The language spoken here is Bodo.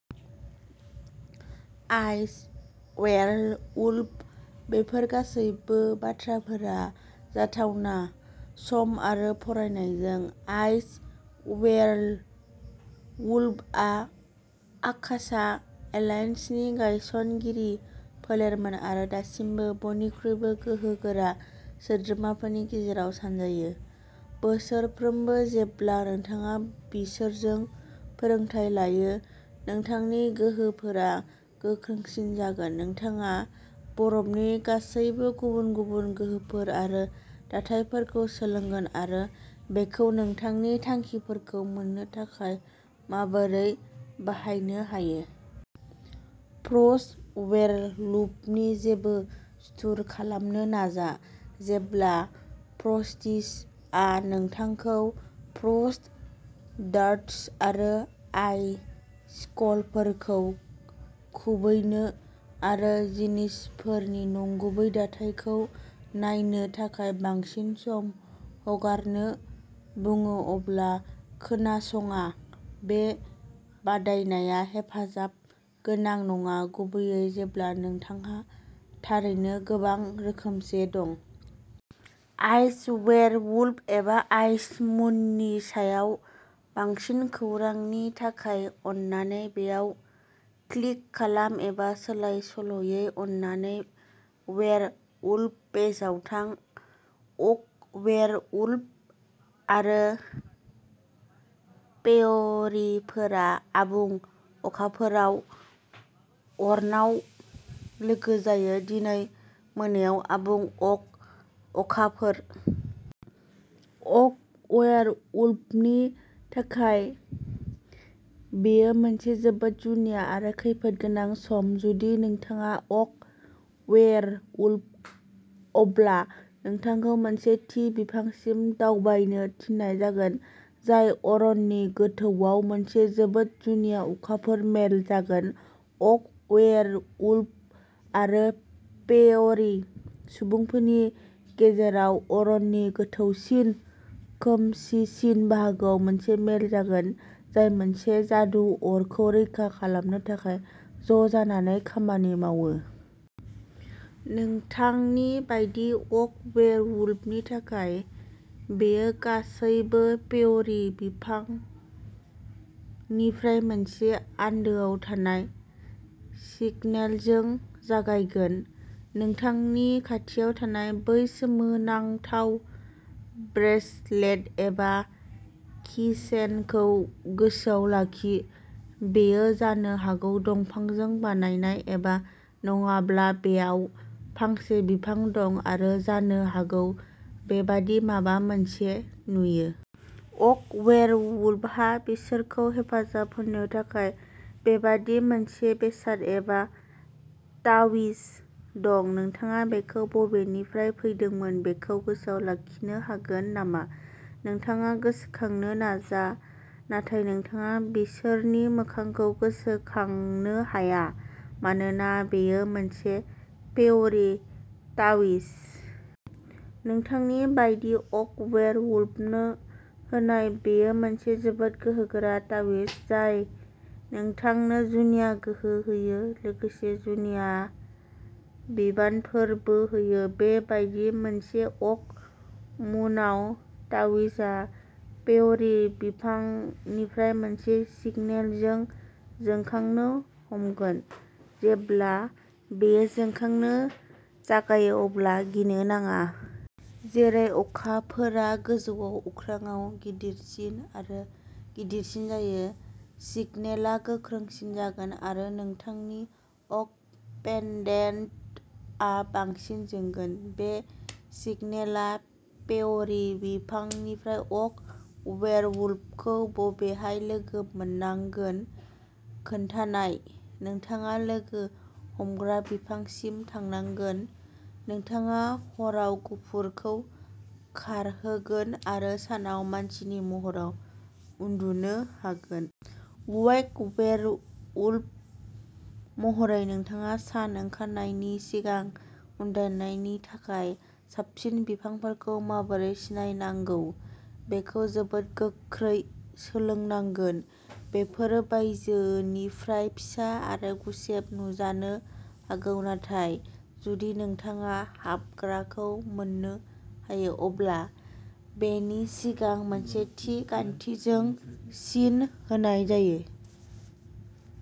आइस वेयरवुल्फ, बेफोर गासैबो बाथ्राफोरा जाथावना, सम आरो फरायनायजों। आइस वेयरवुल्फआ आकाशा एलायन्सनि गायसनगिरि फोलेरमोन आरो दासिमबो बयनिख्रुइबो गोहोगोरा सोद्रोमाफोरनि गेजेराव सानजायो। बोसोरफ्रोमबो जेब्ला नोंथाङा बिसोरजों फोरोंथाय लायो, नोंथांनि गोहोफोरा गोख्रोंसिन जागोन। नोंथाङा बरफनि गासैबो गुबुन-गुबुन गोहोफोर आरो दाथायफोरखौ सोलोंगोन आरो बेखौ नोंथांनि थांखिफोरखौ मोन्नो थाखाय माबोरै बाहायनो हायो। फ्रस्ट वेयरवुल्फनि जेबो सुथुर खालामनो नाजा। जेब्ला फ्रस्टिसआ नोंथांखौ फ्रस्ट डार्ट्स आरो आइसिकलफोरखौ खुबैनो आरो जिनिसफोरनि नंगुबै दाथायखौ नायनो थाखाय बांसिन सम हगारनो बुङो अब्ला खोनासङा। बे बादायनाया हेफाजाब गोनां नङा, गुबैयै जेब्ला नोंथांहा थारैनो गोबां रोखोमसे दं। आइस वेयरवुल्फ एबा आइस मुननि सायाव बांसिन खौरांनि थाखाय अन्नानै बेयाव क्लिक खालाम एबा सोलाय-सोल'यै अन्नानै वेयरवुल्फ पेजआव थां। ओक वेयरवुल्फ आरो फेयरीफोरा आबुं अखाफोरआव अरनाव लोगो जायो। दिनै मोनायाव आबुं अक अखाफोर। अक वेयरवुल्फनि थाखाय बेयो मोनसे जोबोद जुनिया आरो खैफोदगोनां सम। जुदि नोंथाङा अक वेयरवुल्फ, अब्ला नोंथांखौ मोनसे थि बिफांसिम दावबायनो थिननाय जागोन, जाय अरननि गोथौआव मोनसे जोबोद जुनिया अखाफोर मेल जागोन। अक वेयरवुल्फ आरो फेयरी सुबुंफोरनि गेजेराव अरननि गोथौसिन, खोमसिसिन बाहागोआव मोनसे मेल जागोन, जाय मोनसे जादु अरखौ रैखा खालामनो थाखाय ज'जानानै खामानि मावो। नोंथांनि बायदि अक वेयरवुल्फनि थाखाय, बेयो गासैबो फेयरी बिफांनिफ्राय मोनसे आन्दोआव थानाय सिगनेलजों जागायगोन। नोंथांनि खाथियाव थानाय बै सोमोनांथाव ब्रेसलेट एबा कीचेनखौ गोसोआव लाखि? बेयो जानो हागौ दंफांजों बानायनाय एबा नङाब्ला बेयाव फांसे बिफां दं आरो जानो हागौ बेबादि माबा मोनसे नुयो? अक वेयरवुल्फहा बिसोरखौ हेफाजाब होनो थाखाय बेबादि मोनसे बेसाद एबा तावीज दं। नोंथाङा बेखौ बबेनिफ्राय फैदोंमोन बेखौ गोसोआव लाखिनो हागोन नामा? नोंथाङा गोसोखांनो नाजा नाथाय नोंथाङा बिसोरनि मोखांखौ गोसोखांनो हाया। मानोना बेयो मोनसे फेयरी तावीज। नोंथांनि बायदि अक वेयरवुल्फनो होनाय, बेयो मोनसे जोबोद गोहोगोरा तावीज जाय नोंथांनो जुनिया गोहो होयो, लोगोसे जुनिया बिबानफोरबो होयो। बे बायदि मोनसे अक मुनआव तावीजआ फेयरी बिफांनिफ्राय मोनसे सिगनेलजों जोंखांनो हमगोन। जेब्ला बेयो जोंखांनो जागायो अब्ला गिनो नाङा। जेरै अखाफोरा गोजौआव अख्रांआव गिदिरसिन आरो गिदिरसिन जायो, सिगनेलआ गोख्रोंसिन जागोन आरो नोंथांनि अक पेन्डेन्टआ बांसिन जोंगोन। बे सिगनेलआ फेयरी बिफांनिफ्राय अक वेयरवुल्फखौ बबेहाय लोगो मोननांगोन खोन्थानाय। नोंथाङा लोगो हमग्रा बिफांसिम थांनांगोन। नोंथाङा हराव गफुरखौ खारहोगोन आरो सानाव मानसिनि महराव उन्दुनो हागोन। अक वेयरवुल्फ महरै, नोंथाङा सान ओंखारनायनि सिगां उन्दुनायनि थाखाय साबसिन बिफांफोरखौ माबोरै सिनायनांगौ बेखौ जोबोद गोख्रै सोलोंनांगोन। बेफोर बायजोनिफ्राय फिसा आरो गुसेब नुजानो हागौ नाथाय जुदि नोंथाङा हाबग्राखौ मोन्नो हायो, अब्ला बेनि सिगां मोनसे थि गान्थिजों सिन होनाय जायो।